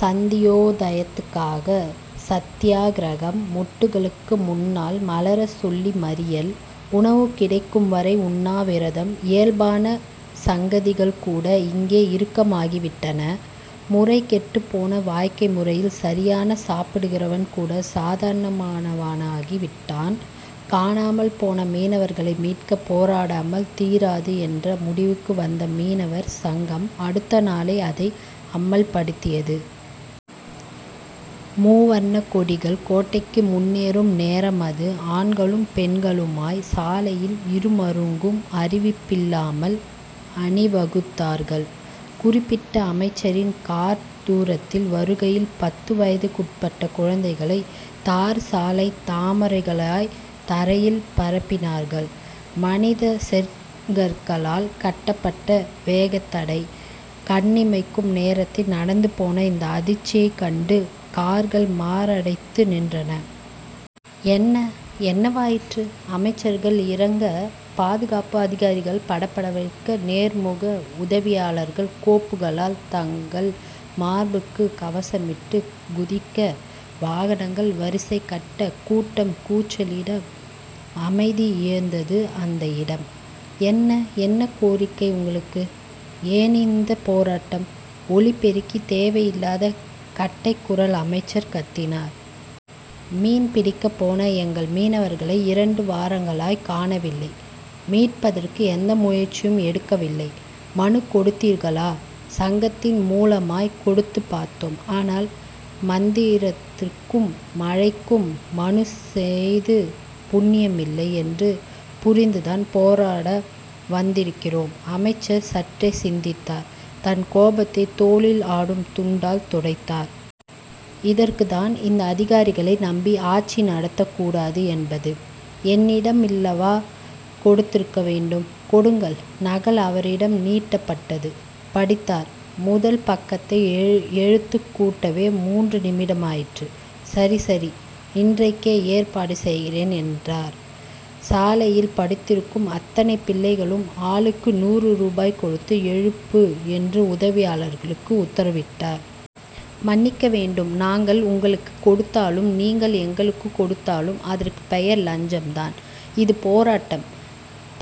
சந்திரோதயத்துக்காக சத்தியாக்கிரகம். மொட்டுகளுக்கு முன்னால் மலரச்சொல்லி மறியல். உணவு கிடைக்கும்வரை உண்ணாவிரதம். இயல்பான சங்கதிகள்கூட இங்கே இறுக்கமாகிவிட்டன. முறைகெட்டுப்போன வாழ்க்கை முறையில் சரியானச் சாப்பிடுகிறவன்கூடச் சாதனையாளனாகி விட்டான். காணாமல் போன மீனவர்களை மீட்கப் போராடாமல் தீராது என்ற முடிவுக்கு வந்த மீனவர் சங்கம் அடுத்த நாளே அதை அமல்படுத்தியது. முவர்ணக்கொடிகள் கோட்டைக்கு முன்னேறும் நேரம் அது. ஆண்களும் பெண்களுமாய்ச் சாலையின் இருமருங்கும் அறிவிப்பில்லாமல் அணிவகுத்தார்கள். குறிப்பிட்ட அமைச்சரின் கார் தூரத்தில் வருகையில் பத்து வயதுக்குட்பட்ட குழந்தைகளைத் தார்ச்சாலைத் தாமரைகளாய்த் தரையில் பரப்பினார்கள். மனிதச் செங்கற்களால் கட்டப்பட்ட வேகத்தடை. கண்ணிமைக்கும் நேரத்தில் நடந்துபோன இந்த அதிர்ச்சி கண்டு கார்கள் மாரடைத்து நின்றன. என்ன? என்னவாயிற்று? அமைச்சர்கள் இறங்க, பாதுகாப்பு அதிகாரிகள் படபடக்க நேர்முக உதவியாளர்கள் கோப்புகளால் தங்கள் மார்புக்குக் கவசமிட்டுக் குதிக்க, வாகனங்கள் வரிசைகட்ட, கூட்டம் கூச்சலிட அமைதி இழந்தது அந்த இடம். என்ன? என்ன கோரிக்கை உங்களுக்கு? ஏனிந்தப் போராட்டம்? ஒலிபெருக்கி தேவையில்லாத கட்டைக்குரல் அமைச்சர் கத்தினார். மீன் பிடிக்கப் போன எங்கள் மீனவர்களை இரண்டு வாரங்களாய்க் காணவில்லை. மீட்பதற்கு எந்த முயற்சியும் நடக்கவில்லை. மனுக்கொடுத்தீர்களா? சங்கத்தின் மூலமாய்க் கொடுத்துப் பார்த்தோம். ஆனால், மந்திரிக்கும் மழைக்கும் மனுச்செய்து புண்ணியமில்லை என்று புரிந்துதான் போராட வந்திருக்கிறோம். அமைச்சர் சற்றே சிந்தித்தார். தன் கோபத்தைத் தோளில் ஆடும் துண்டால் துடைத்தார். இதற்குத்தான் இந்த அதிகாரிகளை நம்பி ஆட்சி நடத்தக்கூடாது என்பது. என்னிடமில்லவா கொடுத்திருக்க வேண்டும். கொடுங்கள். நகல் அவரிடம் நீட்டப்பட்டது. படித்தார். முதல் பக்கத்தை எழுத்துக்கூட்டவே முன்று நிமிடமாயிற்று. சரி. சரி. இன்றைக்கே ஏற்பாடு செய்கிறேன் என்றவர், சாலையில் படுத்திருக்கும் அத்தனை பிள்ளைகளுக்கும் ஆளுக்கு நூறு ருபாய் கொடுத்து எழுப்பு என்று உதவியாளருக்கு உத்தரவிட்டார். மன்னிக்க வேண்டும் நாங்கள் உங்களுக்குக் கொடுத்தாலும் நீங்கள் எங்களுக்குக் கொடுத்தாலும் அதற்கு பெயர் லஞ்சம்தான். இது போராட்டம்.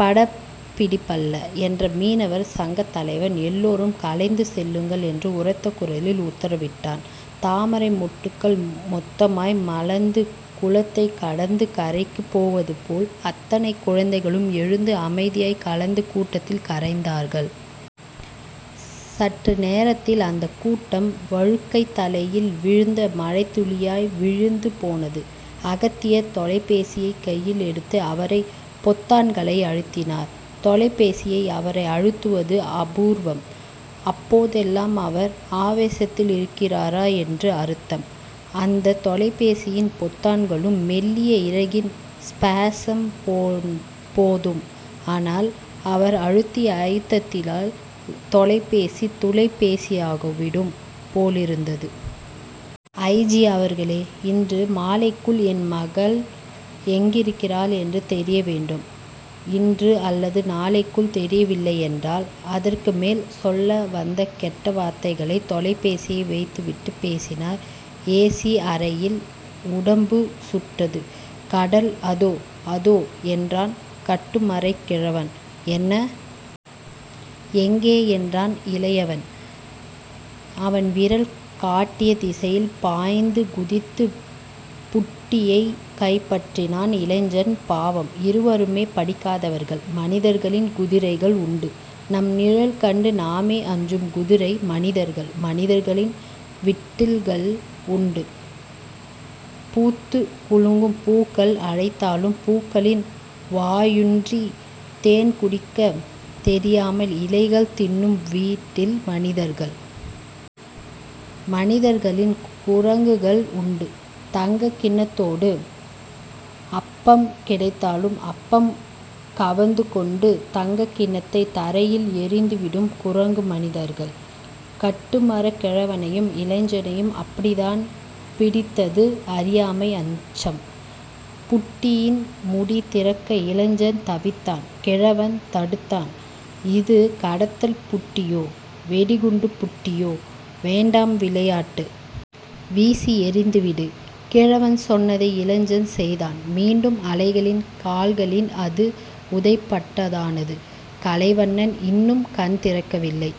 படப்பிடிப்பல்ல. என்ற மீனவர் சங்கத்தலைவன், எல்லோரும் கலைந்து செல்லுங்கள் என்று உரத்த குரலில் உத்தரவிட்டான். தாமரை மொட்டுக்கள் மொத்தமாய் மலர்ந்து குளத்தைக் கடந்து கரைக்குப் போவது போல் அத்தனை குழந்தைகளும் எழுந்து அமைதியாய்க் கலைந்து கூட்டத்தில் கரைந்தார்கள். சற்று நேரத்தில் அந்தக்கூட்டம் வழுக்கைத் தலையில் விழுந்த மழைத்துளியாய் விழிந்து போனது. அகத்தியர் தொலைபேசியைக் கையிலெடுத்து அவரே பொத்தான்களை அழுத்தினார். தொலைபேசியை அவரே அழுத்துவது அபூர்வம். அப்போதெல்லாம் அவர் ஆவேசத்திலிருக்கிறாரென்று அர்த்தம். அந்தத் தொலைபேசியின் பொத்தான்களுக்கு மெல்லிய இறகின் ஸபரிசம் போதும். ஆனால், அவர் அழுத்திய அழுத்தலில் தொலைபேசி துளைபேசியாகிவிடும் போலிருந்தது. ஐ. ஜி அவர்களே. இன்று மாலைக்குள், என் மகள் எங்கிருக்கிறாள் என்று தெரிய வேண்டும். இன்று அல்லது நாளைக்குள் தெரியவில்லையென்றால்... அதற்குமேல் சொல்ல வந்த கெட்டவார்த்தைகளைத் தொலைபேசியை வைத்துவிட்டுப் பேசினார். ஏ. ஸி. அறையில் உடம்பு சுட்டது. கடல் அதோ. அதோ. என்றான் கட்டுமரக்கிழவன். என்ன? எங்கே? என்றான் இளையவன். அவன் விரல் காட்டிய திசையில் பாய்ந்து குதித்துப் புட்டியை கைப்பற்றினான் இளைஞன் பாவம். இருவருமே படிக்காதவர்கள் மனிதர்களில் குதிரைகள் உண்டு. தம் நிழல் கண்டு தாமே அஞ்சும் குதிரை மனிதர்கள். மனிதர்களில் விட்டில்கள் உண்டு. பூத்துக் குலுங்கும் பூக்கள் அழைத்தாலும் பூக்களில் வாயூன்றித் தேன்குடிக்கத் தெரியாமல் இலைகள் தின்னும் விட்டில் மனிதர்கள். மனிதர்களில் குரங்குகள் உண்டு. தங்கக் கிண்ணத்தோடு அப்பம் கிடைத்தாலும் அப்பம் கவர்ந்துகொண்டு தங்கக்கிண்ணத்தைத் தரையில் எறிந்துவிடும் குரங்குமனிதர்கள். கட்டுமரக் கிழவனையும் இளைஞனையும் அப்படித்தான் பீடித்தது அறியாமை அச்சம். புட்டியின் முடி திறக்க இளைஞன் தவித்தான். கிழவன் தடுத்தான். இது கடத்தல் புட்டியோ. வெடிகுண்டுப் புட்டியோ. வேண்டாம் விளையாட்டு. வீசி எறிந்துவிடு. கிழவன் சொன்னதை இளைஞன் செய்தான். மீண்டும் அலைகளின் கால்களில் அது உதைபந்தானது. கலைவண்ணன் இன்னும் கண்திறக்கவில்லை.